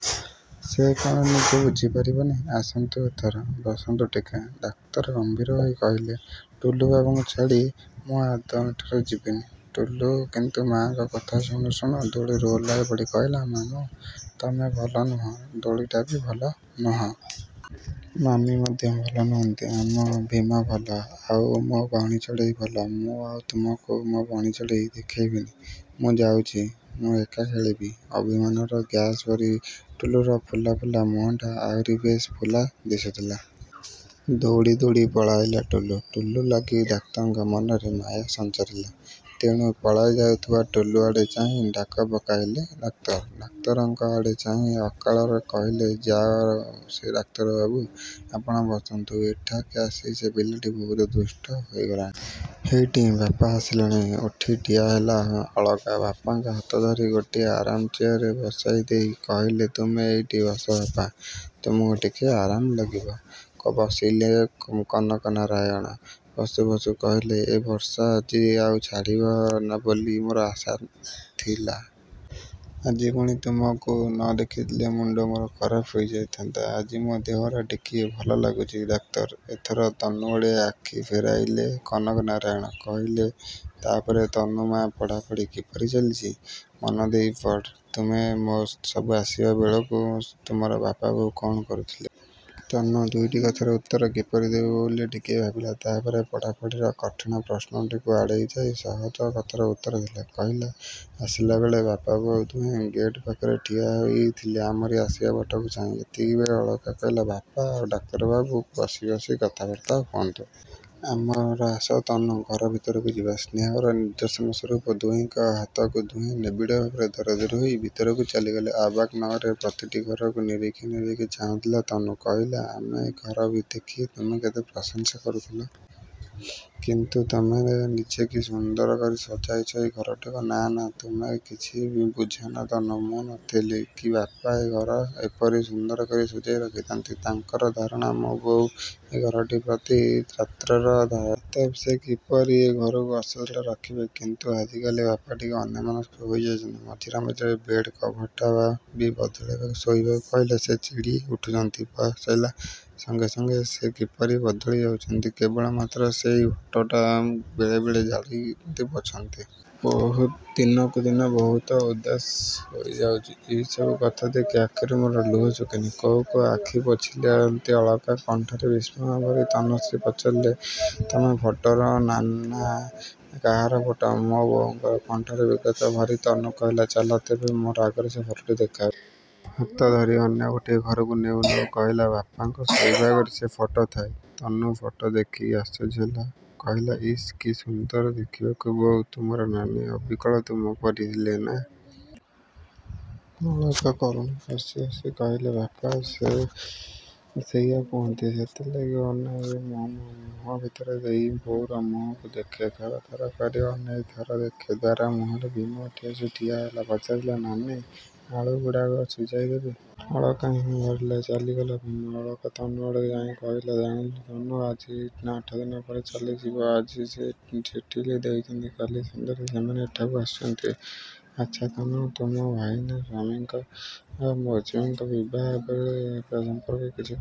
ସେ କ'ଣ ନିଜେ ଝୁଲିପାରିବନି। ଆସନ୍ତୁ ଏଥର। ବସନ୍ତୁ ଟିକେ। ଡାକ୍ତର ଗମ୍ଭୀର ହୋଇ କହିଲେ, ଟୁଲୁବାବୁଙ୍କୁ ଛାଡ଼ି ମୁଁ ଆଦୌ ଏଠାରୁ ଯିବିନି। ଟୁଲୁ କିନ୍ତୁ ମାଆଙ୍କ କଥା ଶୁଣୁ ଶୁଣୁ ଦୋଳିରୁ ଓହ୍ଲାଇପଡ଼ି କହିଲା ମାମୁଁ, ତୁମେ ଭଲ ନୁହଁ। ଦୋଳିଟା ବି ଭଲ ନୁହେଁ। ମାମି ମଧ୍ୟ ଭଲ ନୁହନ୍ତି। ଆମ ଭୀମ ଭଲ। ଆଉ ମୋ ବଣିଚଢ଼େଇ ଭଲ। ମୁଁ ଆଉ ତୁମକୁ ମୋ ବଣିଚଢ଼େଇ ଦେଖାଇବିନି। ମୁଁ ଯାଉଛି, ମୁଁ ଏକା ଖେଳିବି। ଅଭିମାନର ଗ୍ୟାସ୍ ଭରି ଟୁଲୁର ଫୁଲା ଫୁଲା ମୁହଁଟା ଆହୁରି ବେଶି ଫୁଲା ଦିଶୁଥିଲା। ଦୌଡ଼ି ଦୌଡ଼ି ପଳାଇଲା ଟୁଲୁ। ଟୁଲୁ ଲାଗି ଡାକ୍ତରଙ୍କ ମନରେ ମାୟା ସଞ୍ଚାରିଲା। ତେଣୁ ପଳାଇ ଯାଉଥିବା ଟୁଲୁଆଡ଼େ ଚାହିଁ ଡାକ ପକାଇଲେ ଡାକ୍ତର। ଡାକ୍ତରଙ୍କ ଆଡ଼େ ଚାହିଁ ଅଳକା କହିଲେ ଯାଉ ସେ ଡାକ୍ତରବାବୁ, ଆପଣ ବସନ୍ତୁ। ଏଠିକୁ ଆସି ସେ ପିଲାଟା ବହୁତ ଦୁଷ୍ଟ ହୋଇଗଲାଣି। ହେଇଟି, ବାପା ଆସିଲେଣି। ଉଠି ଠିଆହେଲେ ଅଳକା। ବାପାଙ୍କ ହାତ ଧରି ଗୋଟିଏ ଆରାମ ଚେୟାରରେ ବସାଇଦେଇ କହିଲେ ତୁମେ ଏଇଟାରେ ବସ ବାପା। ତୁମକୁ ଟିକେ ଆରାମ ଲାଗିବ। ବସିଲେ କନକନାରାୟଣ। ବସୁ ବସୁ କହିଲେ ଏ ବର୍ଷା ଆଜି ଆଉ ଛାଡ଼ିବ ବୋଲି ମୋର ଆଶା ନ ଥିଲା। ଆଜି ପୁଣି ତୁମକୁ ନ ଦେଖିଥିଲେ ମୁଣ୍ଡ ମୋରି ଖରାପ ହୋଇଯାଇଥାନ୍ତା। ଆଜି ମୋ ଦେହଟା ଟିକିଏ ଭଲ ଲାଗୁଛି ଡାକ୍ତର। ଏଥର ତନୁଆଡ଼େ ଆଖି ଫେରାଇଲେ କନକନାରାୟଣ। କହିଲେ ତା'ପରେ ତନୁ ମା', ପଢ଼ାପଢ଼ି କିପରି ଚାଲିଛି? ମନଦେଇ ପଢ଼। ତୁମେ ସବୁ ଆସିବା ବେଳକୁ ତୁମର ବାପା ବୋଉ କ'ଣ କରୁଥିଲେ? ତନୁ ଦୁଇଟା କଥାର ଉତ୍ତର କିପରି ଦେବ ବୋଲି ଟିକିଏ ଭାବିଲା। ତା'ପରେ ପଢ଼ାପଢ଼ିର କଠିଣ ପ୍ରଶ୍ନଟିକୁ ଆଡ଼େଇଯାଇ ସହଜ କଥାର ଉତ୍ତର ଦେଲା। କହିଲା, ଆସିବାବେଳେ ବାପା ବୋଉ ଦୁହେଁ ଗେଟ୍ ପାଖରେ ଠିଆହୋଇଥିଲେ ଆମରି ଆସିବା ବାଟକୁ ଚାହିଁ। ଏତିକିବେଳେ ଅଳକା କହିଲେ ବାପା ଆଉ ଡାକ୍ତରବାବୁ ବସି ବସି କଥାବାର୍ତ୍ତା ହୁଅନ୍ତୁ। ଆମର ଆସ ତନୁ, ଘର ଭିତରକୁ ଯିବା। ସ୍ନେହର ନିଦର୍ଶନ ସ୍ୱରୂପ ଦୁହିଁଙ୍କ ହାତକୁ ଦୁହେଁ ନିବିଡ଼ ଭାବରେ ଧରାଧରି ହେଇ ଭିତରକୁ ଚାଲିଗଲେ। ଅବାକ୍ ନୟନରେ ପ୍ରତିଟି ଘରକୁ ନିରେଖି ନିରେଖି ଚାହୁଁଥିଲା ତନୁ। କହିଲା, ଆମ ଘର ଦେଖି ତୁମେ କେତେ ପ୍ରଶଂସା କରୁଥିଲ। କିନ୍ତୁ ତୁମେ ନିଜେ କି ସୁନ୍ଦର କରି ସଜାଇଛ ଏହି ଘରଗୁଡ଼ିକ। ନା ନା, ତୁମେ କିଛି ବୁଝିନ ତନୁ। ମୁଁ ନଥିଲେ ବି ବାପା ଏ ଘରକୁ ଏହିପରି ସୁନ୍ଦର କରି ସଜାଇ ରଖିଥାନ୍ତି। ତାଙ୍କର ଧାରଣା ମୋ ବୋଉ ଏ ଘରକୁ ପ୍ରତି ରାତ୍ରରେ ଆସନ୍ତି। ଅତଏବ ସେ କିପରି ଏ ଘରକୁ ଅସଜଡ଼ା ରଖିବେ? କିନ୍ତୁ ଆଜିକାଲି ବାପା କିପରି ଅନ୍ୟମନସ୍କ ହୋଇଯାଇଛନ୍ତି। ମଝିରେ ମଝିରେ ବେଡ୍ କଭର୍ଟା ବି ବଦଳାଇ ଶୋଇବାକୁ କହିଲେ ସେ ଚିଡ଼ି ଉଠୁଛନ୍ତି। ବୟସ ହେବା ସାଙ୍ଗେ ସାଙ୍ଗେ ସେ କିପରି ବଦଳି ଯାଇଛନ୍ତି। କେବଳମାତ୍ର ସେଇ ଫଟୋଟି ବେଳେବେଳେ ଝାଡ଼ନ୍ତି, ପୋଛନ୍ତି। ଦିନକୁ ଦିନ ବହୁତ ଉଦାସ ହୋଇଯାଉଛନ୍ତି। ଏହି ସବୁ କଥା ଦେଖି ଆଖିରୁ ମୋର ଲୁହ ସୁଖେନି। କହୁ କହୁ ଆଖି ପୋଛନ୍ତି ଅଳକା। କଣ୍ଠରେ ବିସ୍ମୟ ଭରି ତନୁଶ୍ରୀ ପଚାରିଲା, କେଉଁ ଫଟୋଟା ନାନୀ? କାହାର ଫଟୋ? ମୋ ବୋଉଙ୍କର। କଣ୍ଠରେ ବ୍ୟଗ୍ରତା ଭରି ତନୁ କହିଲା ଚାଲ ତେବେ, ମୋତେ ଆଗ ସେଇ ଫଟୋଟି ଦେଖାଇବ। ତନୁର ହାତ ଧରି ଅନ୍ୟ ଗୋଟିଏ ଘରକୁ ନେଉ ନେଉ କହିଲା ବାପାଙ୍କ ଶୋଇବା ଘରେ ସେ ଫଟୋ ଥାଏ। ତନୁ ଫଟୋ ଦେଖି ଆଶ୍ଚର୍ଯ୍ୟ ହେଲା। କହିଲା ଇସ୍, କି ସୁନ୍ଦର ଦେଖିବାକୁ ବୋଉ ତୁମର, ନାନୀ। ଅବିକଳ ତୁମରି ପରି ଥିଲେ, ନା? ଅଳକା କରୁଣ ହସି ହସି କହିଲେ ବାପା ବି ସେଇଆ କହନ୍ତି। ସେଥିଲାଗି ଅଇନାରେ ମୁଁ ମୋ ମୁହଁ ଭିତର ଦେଇ ମୋ ବୋଉର ମୁହଁକୁ ଦେଖେ। ଥର ଥର କରି ଅନେକଥର ଦେଖେ। ଦ୍ୱାର ମୁହଁରେ ଭୀମ ଆସି ଠିଆହେଲା। ପଚାରିଲା ନାନୀ, ଆଳୁ ଗୁଡ଼ାକୁ ସିଝାଇ ଦେବି? ଅଳକା ହଁ ଭରିଲେ। ଚାଲିଗଲା ଭୀମ। ଅଳକା ତନୁଆଡ଼େ ଚାହିଁ କହିଲେ ଜାଣ ତନୁ, ମୁଁ ଆଠଦିନ ପରେ ଚାଲିଯିବି। ଆଜି ସେ ଚିଠି ଦେଇଛନ୍ତି। କାଲି ସନ୍ଧ୍ୟାରେ ସେମାନେ ଏଠାକୁ ଆସୁଛନ୍ତି। ଆଚ୍ଛା ତନୁ, ତୁମ ଭାଇନା ମୌସୁମୀକୁ ବିଭା ହେବା ସମ୍ପର୍କରେ କ'ଣ କିଛି କହୁଥିଲେ କି?